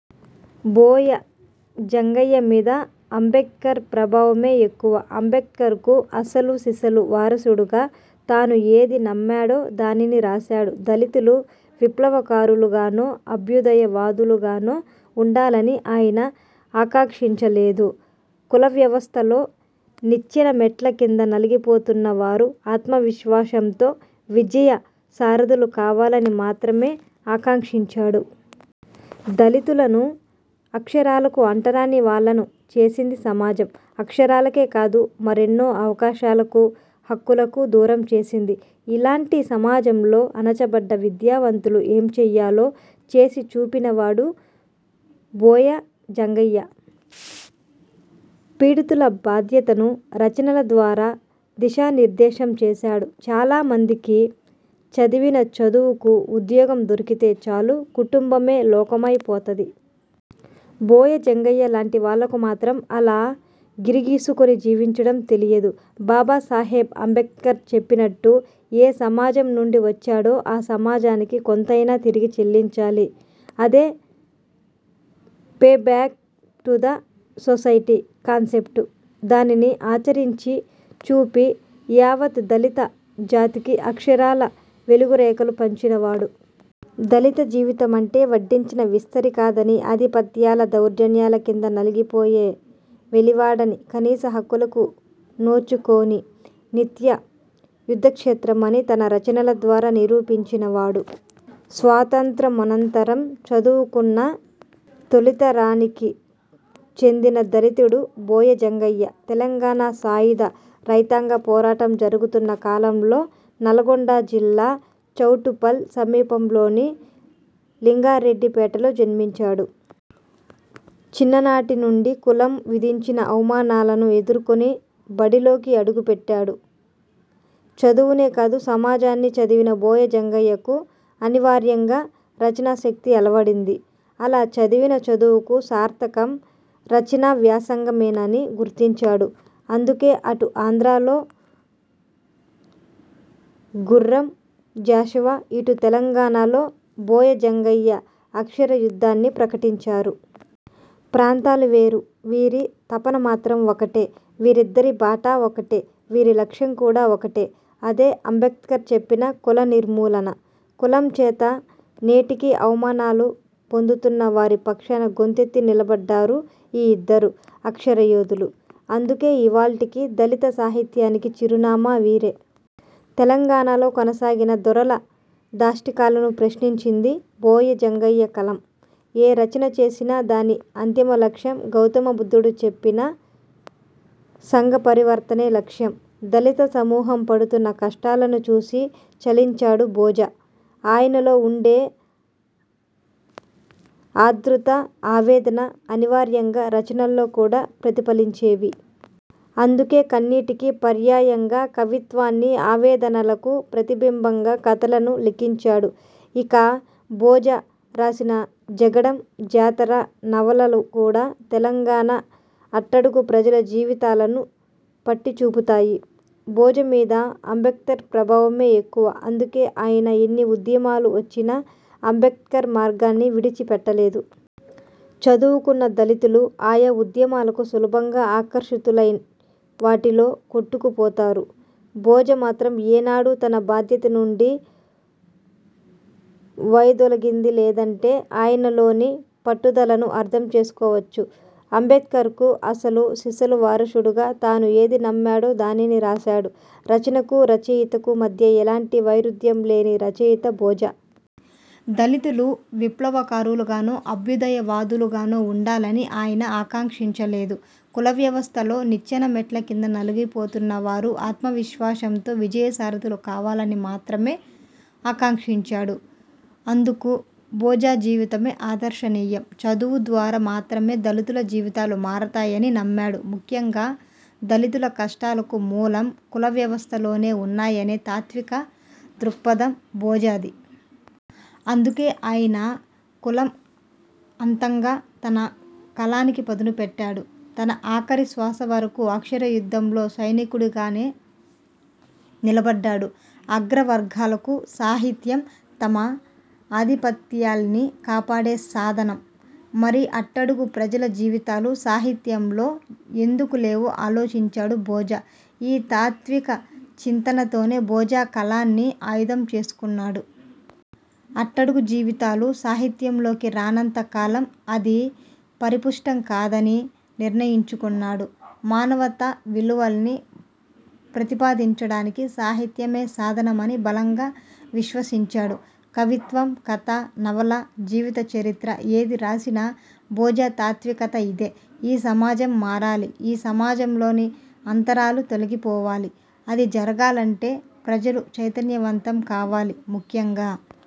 బోయ జంగయ్య మీద అంబేడ్కర్ ప్రభావమే ఎక్కువ. అంబేడ్కర్కు అసలు సిసలు వారసుడిగా తాను ఏది నమ్మాడో, దానిని రాసాడు. దళితులు విప్లవకారులుగానో, అభ్యుదయ వాదులుగానో ఉండాలని ఆయన ఆకాంక్షించలేదు. కులవ్యవస్థలో నిచ్చెన మెట్ల కింద నలిగిపోతున్న వారు, ఆత్మవిశ్వాసంతో విజయసారథులు కావాలని మాత్రమే ఆకాంక్షించాడు. దళితులను అక్షరాలకు అంటరాని వాళ్లను చేసింది సమాజం. అక్షరాలకే కాదు మరెన్నో అవకాశాలకు, హక్కులకు దూరం చేసింది. ఇలాంటి సమాజంలో అణచబడ్డ విద్యావంతులు ఏం చేయాలో, చేసి చూపినవాడు బోయ జంగయ్య. పీడితుల బాధ్యతను రచనల ద్వారా దిశానిర్దేశం చేశాడు. చాలామందికి చదివిన చదువుకు ఉద్యోగం దొరికితే చాలు, కుటుంబమే లోకమై పోతది. బోయ జంగయ్య లాంటి వాళ్లకు మాత్రం అలా గిరిగీసుకొని జీవించడం తెలియదు. బాబా సాహెబ్ అంబేడ్కర్ చెప్పినట్టు ఏ సమాజం నుండి వచ్చాడో ఆ సమాజానికి కొంతైనా తిరిగి చెల్లించాలి. అదే ''pay back to the society'' concept. దానిని ఆచరించి చూపి, యావత్ దళిత జాతికి అక్షరాల వెలుగురేఖలు పంచినవాడు. దళిత జీవితమంటే వడ్డించిన విస్తరి కాదని, ఆధిపత్యాల దౌర్జన్యాల కింద నలిగిపోయే వెలివాడని, కనీస హక్కులకు నోచుకొని నిత్య యుద్ధక్షేత్రమని తన రచనలద్వారా నిరూపించినవాడు. స్వాతంత్య్రమనంతరం చదువుకున్న తొలితరానికి చెందిన దళితుడు బోయ జంగయ్య. తెలంగాణ సాయుధ రైతాంగ పోరాటం జరుగుతున్న కాలంలో నల్లగొండ జిల్లా చౌటుప్పల్ సమీపంలోని లింగారెడ్డిపేటలో జన్మించాడు. చిన్ననాటి నుండి కులం విధించిన అవమానాలను ఎదుర్కొని బడిలోకి అడుగుపెట్టాడు. చదువునే కాదు సమాజాన్ని చదివిన బోయ జంగయ్యకు అనివార్యంగా రచనాశక్తి అలవడింది. అలా చదివిన చదువుకు సార్థకం రచనావ్యాసంగమేనని గుర్తించాడు. అందుకే అటు ఆంధ్రాలో గుర్రం జాషువా, ఇటు తెలంగాణలో బోయ జంగయ్య అక్షరయుద్ధాన్ని ప్రకటించారు. ప్రాంతాలు వేరు. వీరి తపన మాత్రం ఒకటే. వీరిద్దరి బాట ఒక్కటే. వీరి లక్ష్యం కూడా ఒక్కటే. అదే అంబేడ్కర్ చెప్పిన కులనిర్మూలన. కులం చేత నేటికి అవమానాలు పొందుతున్న వారి పక్షాన గొంతెత్తి నిలబడ్డారు ఈ యిద్దరు అక్షర యోధులు. అందుకే ఇవాళ్టికి దళిత సాహిత్యానికి చిరునామా వీరే. తెలంగాణలో కొనసాగిన దొరల దాష్టీకాలను ప్రశ్నించింది బోయ జంగయ్య కలం. ఏ రచన చేసినా దాని అంతిమ లక్ష్యం గౌతమ బుద్ధుడు చెప్పిన సంఘపరివర్తనే లక్ష్యం. దళిత సమూహం పడుతున్న కష్టాలను చూసి చలించాడు బోజ. ఆయనలో ఉండే ఆర్ధ్రత, ఆవేదన అనివార్యంగా రచనల్లో కూడా ప్రతిఫలించేవి. అందుకే కన్నీటికి పర్యాయంగా కవిత్వాన్ని, ఆవేదనలకు ప్రతిబింబంగా కథలను లిఖించాడు. ఇక బోజ రాసిన జగడం, జాతర నవలలు కూడా తెలంగాణ అట్టడుగు ప్రజల జీవితాలను పట్టి చూపుతాయి. బోజ మీద అంబేడ్కర్ ప్రభావమే ఎక్కువ. అందుకే ఆయన ఎన్ని ఉద్యమాలు వచ్చినా అంబేడ్కర్ మార్గాన్ని విడిచిపెట్టలేదు. చదువుకున్న దళితులు ఆయా ఉద్యమాలకు సులభంగా ఆకర్షితులై వాటిలో కొట్టుకుపోతారు. బోజ మాత్రం ఏనాడూ తన బాధ్యత నుండి వైదొలగింది లేదంటే, ఆయనలోని పట్టుదలను అర్థం చేసుకోవచ్చు. అంబేడ్కర్కు అసలు సిసలు వారసుడిగా తాను ఏది నమ్మాడో, దానిని రాసాడు. రచనకు, రచయితకు మధ్య ఎలాంటి వైరుధ్యం లేని రచయిత బోజ. దళితులు విప్లవకారులుగానో, అభ్యుదయ వాదులుగానో ఉండాలని ఆయన ఆకాంక్షించలేదు. కులవ్యవస్థలో నిచ్చెన మెట్ల కింద నలిగిపోతున్న వారు, ఆత్మవిశ్వాసంతో విజయసారథులు కావాలని మాత్రమే ఆకాంక్షించాడు. అందుకు బోజ జీవితమే ఆదర్శనీయం. చదువు ద్వారా మాత్రమే దళితుల జీవితాలు మారుతాయని నమ్మాడు. ముఖ్యంగా దళితుల కష్టాలకు మూలం కులవ్యవస్థలోనే ఉన్నాయనే తాత్విక దృక్పథం బోజది. అందుకే ఆయన కులం అంతంగా తన కలానికి పదును పెట్టాడు. తనఆఖరి శ్వాసవరకు అక్షరయుద్ధంలో సైనికుడిగానే నిలబడ్డాడు. అగ్రవర్ణాలకు సాహిత్యం తమ ఆధిపత్యాల్ని కాపాడే సాధనం. మరి అట్టడుగు ప్రజల జీవితాలు సాహిత్యంలో ఎందుకు లేవో ఆలోచించాడు బోజ. ఈ తాత్విక చింతనతోనే బోజ కలాన్ని ఆయుధం చేసుకున్నాడు. అట్టడుగు జీవితాలు సాహిత్యంలోకి రానంత కాలం, అది పరిపుష్టం కాదని నిర్ణయించుకున్నాడు. మానవతా విలువల్ని ప్రతిపాదించడానికి సాహిత్యమే సాధనమని బలంగా విశ్వసించాడు. కవిత్వం, కథ, నవల, జీవిత చరిత్ర ఏది రాసిన బోజ తాత్వికత ఇదే. ఈ సమాజం మారాలి. ఈ సమాజంలోని అంతరాలు తొలగిపోవాలి. అది జరగాలంటే ప్రజలు చైతన్యవంతం కావాలి. ముఖ్యంగా